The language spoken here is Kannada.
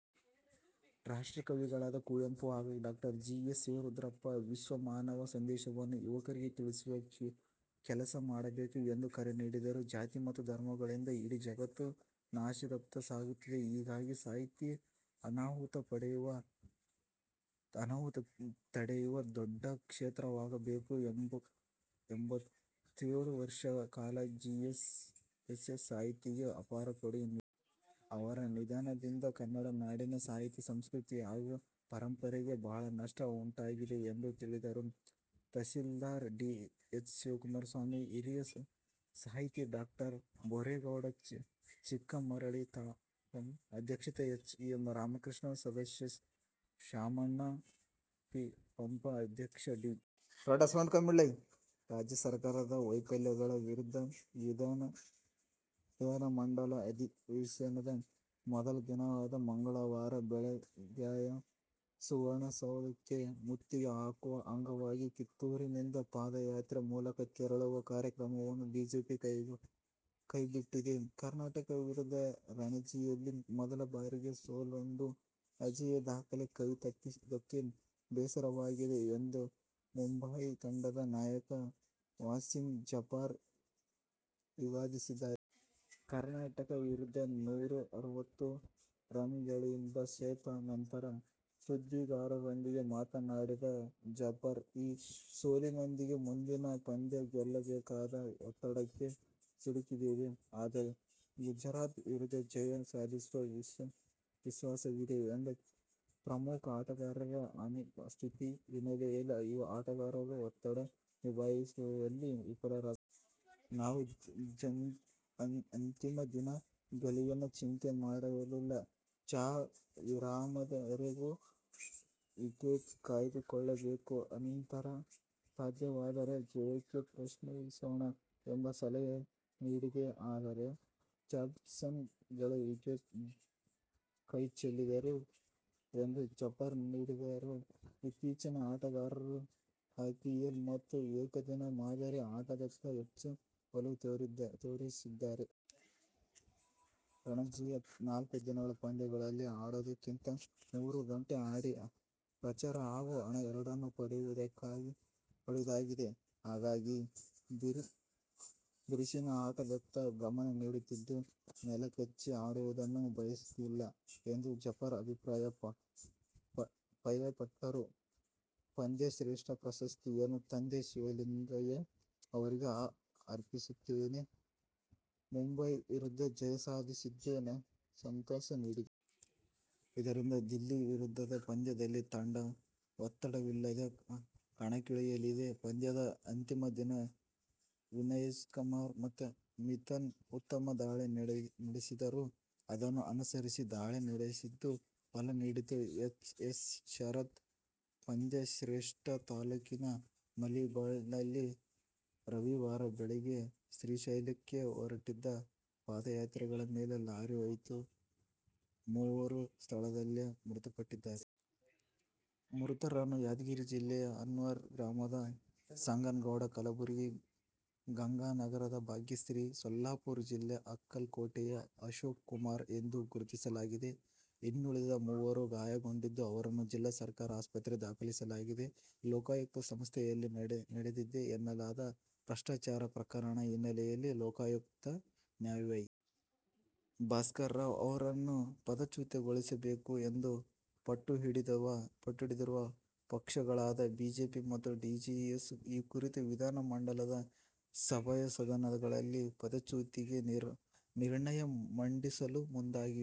ರಾಷ್ಟ್ರಕವಿಗಳಾದ ಕುವೆಂಪು ಹಾಗೂ ಡಾ. ಜಿ. ಎಸ್. ಶಿವರುದ್ರಪ್ಪ ವಿಶ್ವಮಾನವ ಸಂದೇಶವನ್ನು ಯುವಕರಿಗೆ ತಿಳಿಸುವ ಕೆಲಸ ಮಾಡಬೇಕು ಎಂದು ಕರೆ ನೀಡಿದರು. ಜಾತಿ ಮತ್ತು ಧರ್ಮಗಳಿಂದ ಇಡೀ ಜಗತ್ತು ನಾಶದತ್ತ ಸಾಗುತ್ತಿದೆ. ಹೀಗಾಗಿ ಸಾಹಿತ್ಯವು ಅನಾಹುತ ತಡೆಯುವ ದೊಡ್ಡ ಕ್ಷೇತ್ರವಾಗಬೇಕು. ಎಂಬತ್ತೇಳು ವರ್ಷಗಳ ಕಾಲ ಜಿಎಸ್ಎಸ್ ಸಾಹಿತ್ಯಕ್ಕೆ ಅಪಾರ ಕೊಡುಗೆ ನೀಡಿದ್ದಾರೆ. ಅವರ ನಿಧನದಿಂದ ಕನ್ನಡ ನಾಡಿನ ಸಾಹಿತ್ಯ, ಸಂಸ್ಕೃತಿ ಹಾಗೂ ಪರಂಪರೆಗೆ ಬಹಳ ನಷ್ಟ ಉಂಟಾಗಿದೆ ಎಂದು ಹೇಳಿದರು. ತಹಶೀಲ್ದಾರ್ ಡಿ. ಎಸ್. ಶಿವಕುಮಾರಸ್ವಾಮಿ, ಹಿರಿಯ ಸಾಹಿತಿ ಡಾ. ಬೋರೇಗೌಡ ಚಿಕ್ಕಮರಳಿ, ತಾ. ಪಂ ಅಧ್ಯಕ್ಷ ಎಚ್. ಎಂ. ರಾಮಕೃಷ್ಣ, ಸದಸ್ಯ ಶಾಮಣ್ಣ, ಪ. ಪಂ ಅಧ್ಯಕ್ಷ ಡಿ. ರಾಜ್ಯ ಸರ್ಕಾರದ ವೈಫಲ್ಯಗಳ ವಿರುದ್ಧ ವಿಧಾನಮಂಡಲ ಅಧಿವೇಶನದ ಮೊದಲ ದಿನವಾದ ಮಂಗಳವಾರ ಬೆಳಗಾವಿಯ ಸುವರ್ಣಸೌಧಕ್ಕೆ ಮುತ್ತಿಗೆ ಹಾಕುವ ಅಂಗವಾಗಿ ಕಿತ್ತೂರಿನಿಂದ ಪಾದಯಾತ್ರೆ ಮೂಲಕ ತೆರಳುವ ಕಾರ್ಯಕ್ರಮವನ್ನು ಬಿಜೆಪಿ ಕೈಬಿಟ್ಟಿದೆ. ಕರ್ನಾಟಕ ವಿರುದ್ಧ ರಣಜಿಯಲ್ಲಿ ಮೊದಲ ಬಾರಿಗೆ ಸೋಲುಂಡು ಅಜೇಯ ದಾಖಲೆ ಕೈ ತಪ್ಪಿದ್ದಕ್ಕೆ ಬೇಸರವಾಗಿದೆ ಎಂದು ಮುಂಬಯಿ ತಂಡದ ನಾಯಕ ವಾಸಿಂ ಜಾಫರ್ ವಿಷಾದಿಸಿದ್ದಾರೆ. ಕರ್ನಾಟಕ ವಿರುದ್ಧ ನೂರಾ ಅರವತ್ತು ರನ್ಗಳಿಂದ ಸೋತ ಅನಂತರ ಸುದ್ದಿಗಾರರೊಂದಿಗೆ ಮಾತನಾಡಿದ ಜಾಫರ್, ಈ ಸೋಲಿನೊಂದಿಗೆ ಮುಂದಿನ ಪಂದ್ಯ ಗೆಲ್ಲಬೇಕಾದ ಒತ್ತಡಕ್ಕೆ ಸಿಲುಕಿದ್ದೇವೆ. ಆದರೆ ಗುಜರಾತ್ ವಿರುದ್ಧ ಜಯ ಸಾಧಿಸುವ ವಿಶ್ವಾಸವಿದೆ ಎಂದರು. ಪ್ರಮುಖ ಆಟಗಾರರ ಅನುಪಸ್ಥಿತಿ ಹಿನ್ನೆಲೆಯಲ್ಲಿ ಯುವ ಆಟಗಾರರು ಒತ್ತಡ ನಿಭಾಯಿಸುವಲ್ಲಿ ವಿಫಲರಾದರು. ನಾವು ಅಂತಿಮ ದಿನ ಗೆಲುವಿನ ಚಿಂತೆ ಮಾಡಿರಲಿಲ್ಲ. ಚಹಾ ವಿರಾಮದವರೆಗೂ ವಿಕೆಟ್ ಕಾಯ್ದುಕೊಳ್ಳಬೇಕು. ಅನಂತರ ಸಾಧ್ಯವಾದರೆ ಜಯಕ್ಕೆ ಪ್ರಯತ್ನಿಸೋಣ ಎಂಬ ಸಲಹೆ ನೀಡಿದ್ದೆ. ಆದರೆ ಬ್ಯಾಟ್ಸ್ಮನ್ಗಳು ವಿಕೆಟ್ ಕೈ ಚೆಲ್ಲಿದರು ಎಂದು ಜಾಫರ್ ನುಡಿದರು. ಇತ್ತೀಚಿನ ಆಟಗಾರರು ಐಪಿಎಲ್ ಮತ್ತು ಏಕದಿನ ಮಾದರಿ ಆಟದತ್ತ ಹೆಚ್ಚು ಒಲವು ತೋರುತ್ತಿದ್ದಾರೆ. ರಣಜಿಯಂಥ ನಾಲ್ಕು ದಿನಗಳ ಪಂದ್ಯಗಳಲ್ಲಿ ಆಡುವುದಕ್ಕಿಂತ ಮೂರು ಗಂಟೆ ಆಡಿ ಪ್ರಚಾರ ಹಾಗೂ ಹಣ ಎರಡನ್ನೂ ಪಡೆಯಬಹುದಾಗಿದೆ. ಹಾಗಾಗಿ ಬಿರುಸಿನ ಆಟದತ್ತ ಗಮನ ನೀಡುತ್ತಿದ್ದು ನೆಲಕಚ್ಚಿ ಆಡುವುದನ್ನು ಬಯಸುತ್ತಿಲ್ಲ ಎಂದು ಜಾಫರ್ ಅಭಿಪ್ರಾಯಪಟ್ಟರು. ಪಂದ್ಯಶ್ರೇಷ್ಠ ಪ್ರಶಸ್ತಿಯನ್ನು ತಂದೆ ಶಿವಲಿಂಗಯ್ಯ ಅವರಿಗೆ ಅರ್ಪಿಸುತ್ತೇನೆ. ಮುಂಬಯಿ ವಿರುದ್ಧ ಜಯ ಸಾಧಿಸಿದ್ದು ಸಂತಸ ನೀಡಿದೆ. ಇದರಿಂದ ದಿಲ್ಲಿ ವಿರುದ್ಧದ ಪಂದ್ಯದಲ್ಲಿ ತಂಡ ಒತ್ತಡವಿಲ್ಲದೇ ಕಣಕ್ಕಿಳಿಯಲಿದೆ. ಪಂದ್ಯದ ಅಂತಿಮ ದಿನ ವಿನಯ್ಕುಮಾರ್ ಮತ್ತು ಮಿಥುನ್ ಉತ್ತಮ ದಾಳಿ ನಡೆಸಿದ್ದರು. ಅದನ್ನು ಅನುಸರಿಸಿ ದಾಳಿ ನಡೆಸಿದ್ದು ಫಲ ನೀಡಿತು. ಎಚ್. ಎಸ್. ಶರತ್, ಪಂದ್ಯಶ್ರೇಷ್ಠ ತಾಲೂಕಿನ ಮಲಿಯಾಬಾದ್ನಲ್ಲಿ ರವಿವಾರ ಬೆಳಗ್ಗೆ ಶ್ರೀಶೈಲಕ್ಕೆ ಹೊರಟಿದ್ದ ಪಾದಯಾತ್ರಿಗಳ ಮೇಲೆ ಲಾರಿ ಹಾಯ್ದು ಮೂವರು ಸ್ಥಳದಲ್ಲೇ ಮೃತಪಟ್ಟಿದ್ದಾರೆ. ಮೃತರನ್ನು ಯಾದಗಿರಿ ಜಿಲ್ಲೆಯ ಅನ್ವರ್ ಗ್ರಾಮದ ಸಂಗನಗೌಡ, ಕಲಬುರಗಿ ಗಂಗಾನಗರದ ಭಾಗ್ಯಶ್ರೀ, ಸೊಲ್ಲಾಪುರ ಜಿಲ್ಲೆಯ ಅಕ್ಕಲ ಕೋಟೆಯ ಅಶೋಕಕುಮಾರ ಎಂದು ಗುರುತಿಸಲಾಗಿದೆ. ಇನ್ನುಳಿದ ಮೂವರು ಗಾಯಗೊಂಡಿದ್ದು, ಅವರನ್ನು ಜಿಲ್ಲಾ ಸರಕಾರಿ ಆಸ್ಪತ್ರೆಗೆ ದಾಖಲಿಸಲಾಗಿದೆ. ಲೋಕಾಯುಕ್ತ ಸಂಸ್ಥೆಯಲ್ಲಿ ನಡೆದಿದೆ ಎನ್ನಲಾದ ಭ್ರಷ್ಟಾಚಾರ ಪ್ರಕರಣದ ಹಿನ್ನೆಲೆಯಲ್ಲಿ ಲೋಕಾಯುಕ್ತ ನ್ಯಾ ವೈ. ಭಾಸ್ಕರ ರಾವ್ ಅವರನ್ನು ಪದಚ್ಯುತಗೊಳಿಸಬೇಕು ಎಂದು ಪಟ್ಟುಹಿಡಿದಿರುವ ವಿಪಕ್ಷಗಳಾದ ಬಿಜೆಪಿ ಮತ್ತು ಜೆಡಿಎಸ್, ಈ ಕುರಿತು ವಿಧಾನ ಮಂಡಲದ ಉಭಯ ಸದನಗಳಲ್ಲಿ ಪದಚ್ಯುತಿಗೆ ನಿರ್ಣಯ ಮಂಡಿಸಲು ಮುಂದಾಗಿವೆ.